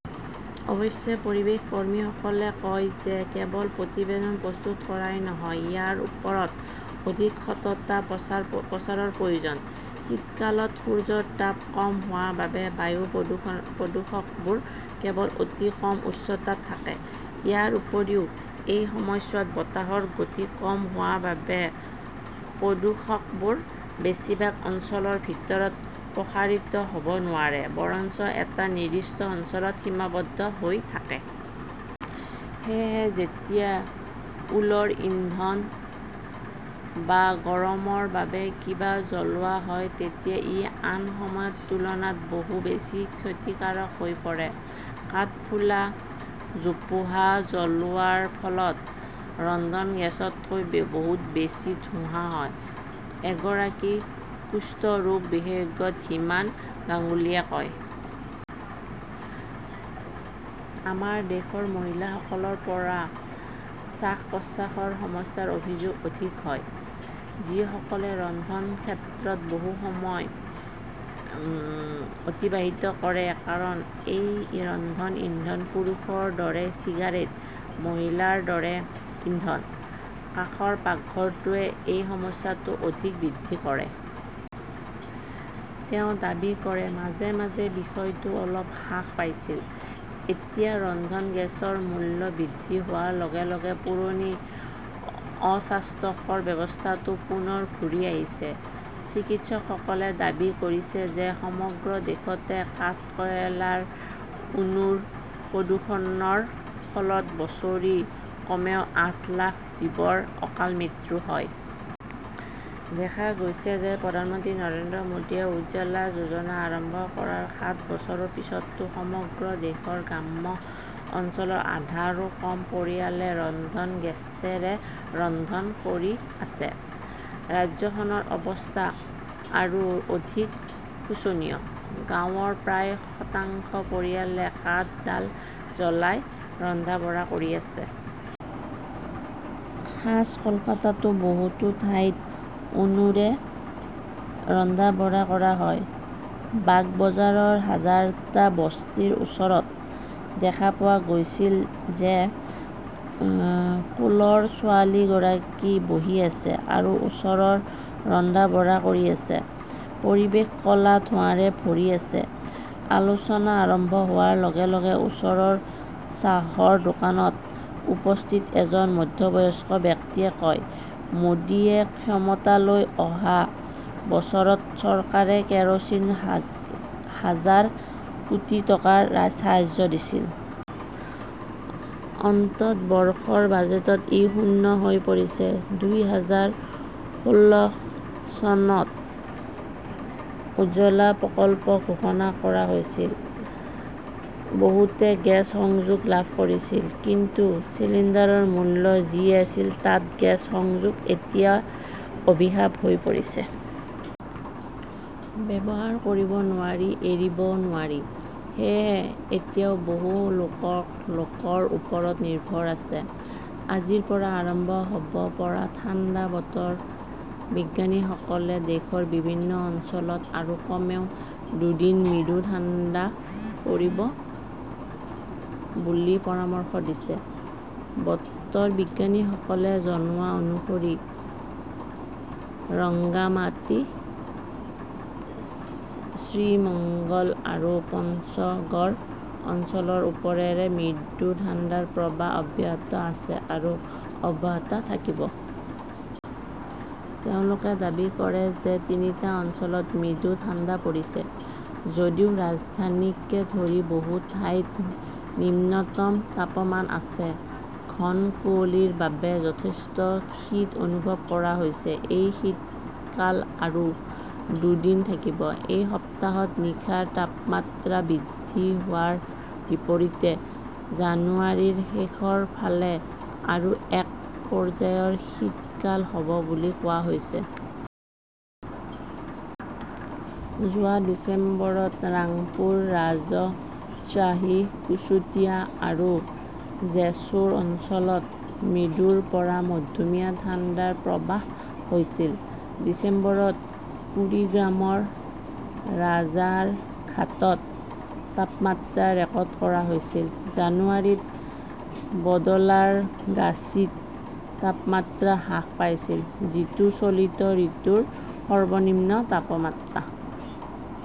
অৱশ্যে, পৰিৱেশ কৰ্মীসকলে কয় যে কেৱল প্ৰতিবেদন প্ৰস্তুত কৰাই নহয়, ইয়াৰ ওপৰত অধিক সততা প্ৰচাৰৰ প্ৰয়োজন। শীতকালত সূৰ্যৰ তাপ কম হোৱাৰ বাবে বায়ু প্ৰদূষকবোৰ কেৱল অতি কম উচ্চতাত থাকে। ইয়াৰ উপৰিও, এই সময়ছোৱাত বতাহৰ গতি কম হোৱাৰ বাবে, প্ৰদূষকবোৰ বেছিভাগ অঞ্চলৰ ভিতৰত প্ৰসাৰিত হ'ব নোৱাৰে বৰঞ্চ এটা নিৰ্দিষ্ট অঞ্চলত সীমাবদ্ধ হৈ থাকে। সেয়েহে যেতিয়া উলৰ ইন্ধন বা গৰমৰ বাবে কিবা জ্বলোৱা হয় তেতিয়া ই আন সময়ৰ তুলনাত বহু বেছি ক্ষতিকাৰক হৈ পৰে। কাঠফুলা, জোপোহা জ্বলোৱাৰ ফলত ৰন্ধন গেছতকৈ বহুত বেছি ধোঁৱা হয়, এগৰাকী কুষ্ঠ ৰোগ বিশেষজ্ঞ ধীমান গাংগুলীয়ে কয়। আমাৰ দেশৰ মহিলাসকলৰ পৰা শ্বাস-প্ৰশ্বাসৰ সমস্যাৰ অভিযোগ অধিক হয়, যিসকলে ৰন্ধন ক্ষেত্ৰত বহু সময় অতিবাহিত কৰে ।কাৰণ এই ৰন্ধন ইন্ধন পুৰুষৰ দৰে চিগাৰেট, মহিলাৰ দৰে ইন্ধন। কাষৰ পাকঘৰটোৱে এই সমস্যাটো অধিক বৃদ্ধি কৰে। তেওঁ দাবী কৰে, মাজে মাজে বিষয়টো অলপ হ্ৰাস পাইছিল। এতিয়া ৰন্ধন গেছৰ মূল্য বৃদ্ধি হোৱাৰ লগে লগে পুৰণি, অস্বাস্থ্যকৰ ব্যৱস্থাটো পুনৰ ঘূৰি আহিছে। চিকিৎসকসকলে দাবী কৰিছে যে, সমগ্ৰ দেশতে কাঠকয়লাৰ উনুৰ প্ৰদূষণৰ ফলত বছৰি কমেও আঠ লাখ জীৱৰ অকাল মৃত্যু হয়। দেখা গৈছে যে, প্ৰধানমন্ত্ৰী নৰেন্দ্ৰ মোদীয়ে উজ্জ্বলা যোজনা আৰম্ভ কৰাৰ সাত বছৰৰ পিছতো সমগ্ৰ দেশৰ গ্ৰাম্য অঞ্চলৰ আধাৰো কম পৰিয়ালে ৰন্ধন গেছৰে ৰন্ধন কৰি আছে। ৰাজ্যখনৰ অৱস্থা আৰু অধিক শোচনীয়। গাঁৱৰ প্ৰায় শতাংশ পৰিয়ালে কাঠ, ডাল জ্বলাই ৰন্ধা-বঢ়া কৰি আছে। খাছ কলকাতাতো বহুতো ঠাইত উনুনে ৰন্ধা-বঢ়া কৰা হয়। বাগবাজাৰৰ হাজাৰটা বস্তিৰ ওচৰত দেখা পোৱা গৈছিল যে,‌‌ কোলৰ ছোৱালীগৰাকী বহি আছে আৰু ওচৰৰ ৰন্ধা-বঢ়া কৰি আছে। পৰিৱেশ কলা ধোঁৱাৰে ভৰি আছে। আলোচনা আৰম্ভ হোৱাৰ লগে লগে ওচৰৰ চাহৰ দোকানত উপস্থিত এজন মধ্যবয়স্ক ব্যক্তিয়ে কয়, "মোদীয়ে ক্ষমতালৈ অহা বছৰত চৰকাৰে কেৰচিনত হাজাৰ কোটি টকাৰ ৰাজসাহায্য দিছিল। অন্ততঃ -' বৰ্ষৰ বাজেটত ই শূন্য হৈ পৰিছে। দুই হাজাৰ ষোল্ল চনত উজ্জ্বলা প্ৰকল্প ঘোষণা কৰা হৈছিল। বহুতে গেছ সংযোগ লাভ কৰিছিল। কিন্তু চিলিণ্ডাৰৰ মূল্য যি আছিল, তাত গেছ সংযোগ এতিয়া অভিশাপ হৈ পৰিছে। ব্যৱহাৰ কৰিব নোৱাৰি, এৰিব নোৱাৰি! সেয়েহে এতিয়াও বহু লোকৰ ওপৰত নিৰ্ভৰ আছে। আজিৰ পৰা আৰম্ভ হ'ব পৰা ঠাণ্ডা বতৰ বিজ্ঞানীসকলে দেশৰ বিভিন্ন অঞ্চলত আৰু কমেও দুদিন মৃদু ঠাণ্ডা পৰিব বুলি পৰামৰ্শ দিছে। বতৰ বিজ্ঞানীসকলে জনোৱা অনুসৰি ৰংগামাটি, শ্ৰীমান্গল আৰু পঞ্চগড় অঞ্চলৰ ওপৰেৰে মৃদু ঠাণ্ডাৰ প্ৰৱাহ অব্যাহত আছে আৰু অব্যাহত থাকিব। তেওঁলোকে দাবী কৰে যে তিনিটা অঞ্চলত মৃদু ঠাণ্ডা পৰিছে। যদিও ৰাজধানীকে ধৰি বহু ঠাইত নিম্নতম তাপমাত্ৰা আছে, ঘন কুঁৱলীৰ বাবে যথেষ্ট শীত অনুভৱ কৰা হৈছে। এই শীতকাল আৰু দুদিন থাকিব। এই সপ্তাহত নিশাৰ তাপমাত্ৰা বৃদ্ধি হোৱাৰ বিপৰীতে জানুৱাৰীৰ শেষৰ ফালে আৰু এক পৰ্যায়ৰ শীতকাল হ'ব বুলি কোৱা হৈছে। যোৱা ডিচেম্বৰত ৰাংপুৰ, ৰাজশ্বাহী, কুশটিয়া আৰু জেছোৰ অঞ্চলত মৃদুৰ পৰা মধ্যমীয়া ঠাণ্ডাৰ প্ৰৱাহ হৈছিল। ডিচেম্বৰত কুৰিগ্ৰামৰ ৰাজাৰহাটত তাপমাত্ৰা ৰেকৰ্ড কৰা হৈছিল। জানুৱাৰীত বদলাৰগাচীত তাপমাত্ৰা হ্ৰাস পাইছিল, যিটো চলিত ঋতুৰ সৰ্বনিম্ন তাপমাত্ৰা।